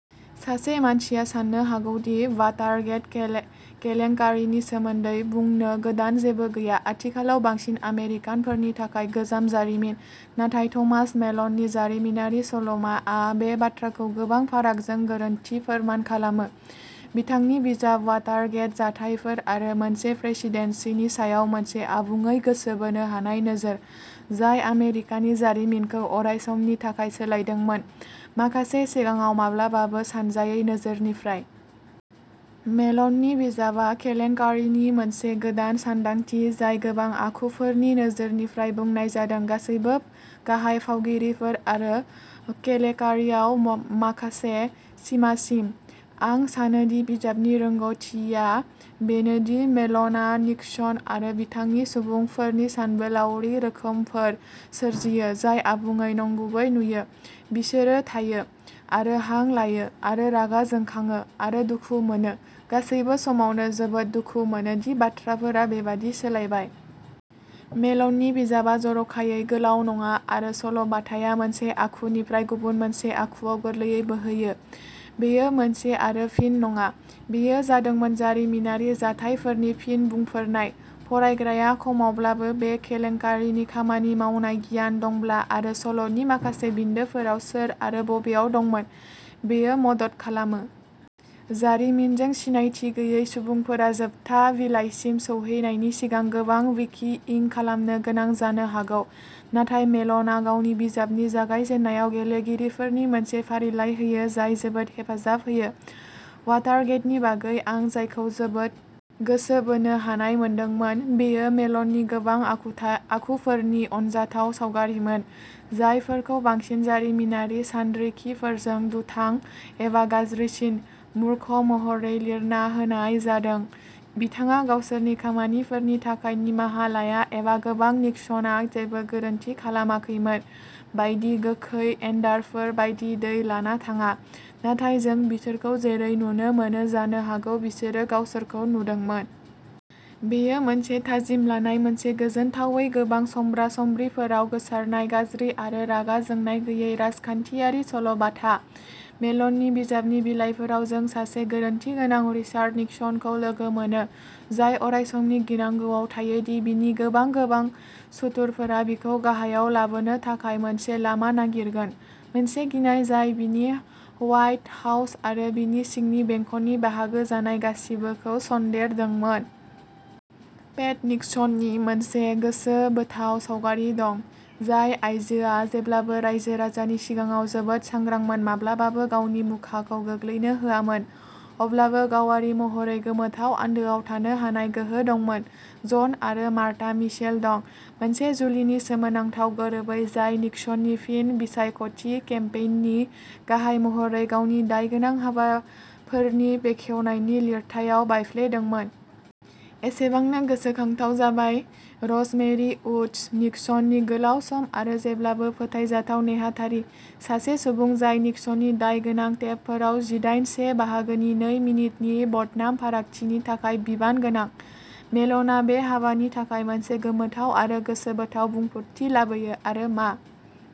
सासे मानसिया साननो हागौ दि वाटारगेट केलें केलेंकारिनि सोमोन्दै बुंनो गोदान जेबो गैया, आथिखालाव बांसिन आमेरिकानफोरनि थाखाय गोजाम जारिमिन, नाथाय थमास मेलननि जारिमिनारि सल'माआ बे बाथ्राखौ गोबां फारागजों गोरोन्थि फोरमान खालामो। बिथांनि बिजाब, वाटारगेट, जाथायफोर आरो मोनसे प्रेसिडेन्सिनि सायाव मोनसे आबुङै गोसो बोनो हानाय नोजोर, जाय आमेरिकानि जारिमिनखौ अरायसमनि थाखाय सोलायदोंमोन, माखासे सिगाङाव माब्लाबाबो सानजायै नोजोरनिफ्राय। मेलननि बिजाबआ केलेंकारिनि मोनसे गोदान सानदांथि, जाय गोबां आखुफोरनि नोजोरनिफ्राय बुंनाय जादों, गासैबो गाहाय फावगिरिफोर आरो केलेकारियाव माखासे सिमासिम। आं सानो दि बिजाबनि रोंग'थिआ बेनो दि मेलनआ निक्सन आरो बिथांनि सुबुंफोरनि सानबोलावरि रोखोमफोर सोरजियो जाय आबुङै नंगुबै नुयो, बिसोरो थायो आरो हां लायो आरो रागा जोंखाङो आरो दुखु मोनो, गासैबो समावनो जोबोद दुखु मोनो दि बाथ्राफोरा बेबादि सोलायबाय। मेलननि बिजाबआ जर'खायै गोलाव नङा आरो सल'बाथाया मोनसे आखुनिफ्राय गुबुन मोनसे आखुआव गोरलैयै बोहैयो बेयो मोनसे आरो फिन नङा। बेयो जादोंमोन जारिमिनारि जाथायफोरनि फिन बुंफोरनाय, फरायग्राया खमावब्लाबो बे केलेंकारिनि खामानि मावनाय गियान दंब्ला आरो सल'नि माखासे बिन्दोफोराव सोर आरो बबेयाव दंमोन, बेयो मदद खालामो। जारिमिनजों सिनायथि गैयै सुबुंफोरा जोबथा बिलाइसिम सौहैनायनि सिगां गोबां विकि इं खालामनो गोनां जानो हागौ, नाथाय मेल'नआ गावनि बिजाबनि जागायजेननायाव गेलेगिरिफोरनि मोनसे फारिलाइ होयो जाय जोबोद हेफाजाब होयो। वाटारगेटनि बागै आं जायखौ जोबोद गोसो बोनो हानाय मोनदोंमोन, बेयो मेल'ननि गोबां आखुथा आखुफोरनि अनजाथाव सावगारिमोन, जायफोरखौ बांसिन जारिमिनारि सानरिखिफोरजों दुथां एबा गाज्रिसिन, मुर्ख महरै लिरना होनाय जादों बिथाङा गावसोरनि खामानिफोरनि थाखाय निमाहा लाया एबा गोबां निक्सनआ जेबो गोरोन्थि खालामाखैमोन बायदि गोखै एन्डारफोर बायदि दै लाना थाङा, नाथाय जों बिसोरखौ जेरै नुनो मोनो, जानो हागौ, बिसोरो गावसोरखौ नुदोंमोन। बेयो मोनसे थाजिम लानाय मोनसे गोजोनथावै गोबां समब्रा-समब्रिफोराव गोसारनाय गाज्रि आरो रागा जोंनाय गैयै। राजखान्थियारि सल'बाथा। मेलननि बिजाबनि बिलाइफोराव, जों सासे गोरोन्थिगोनां रिचार्ड निक्सनखौ लोगो मोनो, जाय अरायसमनि गिनांगौआव थायो दि बिनि गोबां, गोबां सुथुरफोरा बिखौ गाहायाव लाबोनो थाखाय मोनसे लामा नागिरगोन, मोनसे गिनाय जाय बिनि हवाइट हाउस आरो बिनि सिंनि बेंखननि बाहागो जानाय गासिबोखौ सन्देरदोंमोन। पेट निक्सननि मोनसे गोसोबोथाव सावगारि दं, जाय आयजोआ जेब्लाबो रायजो-राजानि सिगाङाव जोबोद सांग्रांमोन, माब्लाबाबो गावनि मुखाखौ गोग्लैनो होआमोन, अब्लाबो गावारि महरै गोमोथाव आन्दोआव थानो हानाय गोहो दंमोन। जन आरो मार्था मिचेल दं, मोनसे जुलिनि सोमोनांथाव गोरोबै, जाय निक्सननि फिन बिसायख'थि केम्पेइननि गाहाय महरै गावनि दायगोनां हाबाफोरनि बेखेवनायनि लिरथायाव बायफ्लेदोंमोन। एसेबांनो गोसोखांथाव जाबाय रज मेरि उड्स, निक्सननि गोलाव सम आरो जेब्लाबो फोथायजाथाव नेहाथारि, सासे सुबुं जाय निक्सननि दायगोनां टेपफोराव जिदाइन से बाहागोनि नै मिनिटनि बदनाम फारागथिनि थाखाय बिबानगोनां। मेलनआ बे हाबानि थाखाय मोनसे गोमोथाव आरो गोसोबोथाव बुंफोरथि लाबोयो आरो मा।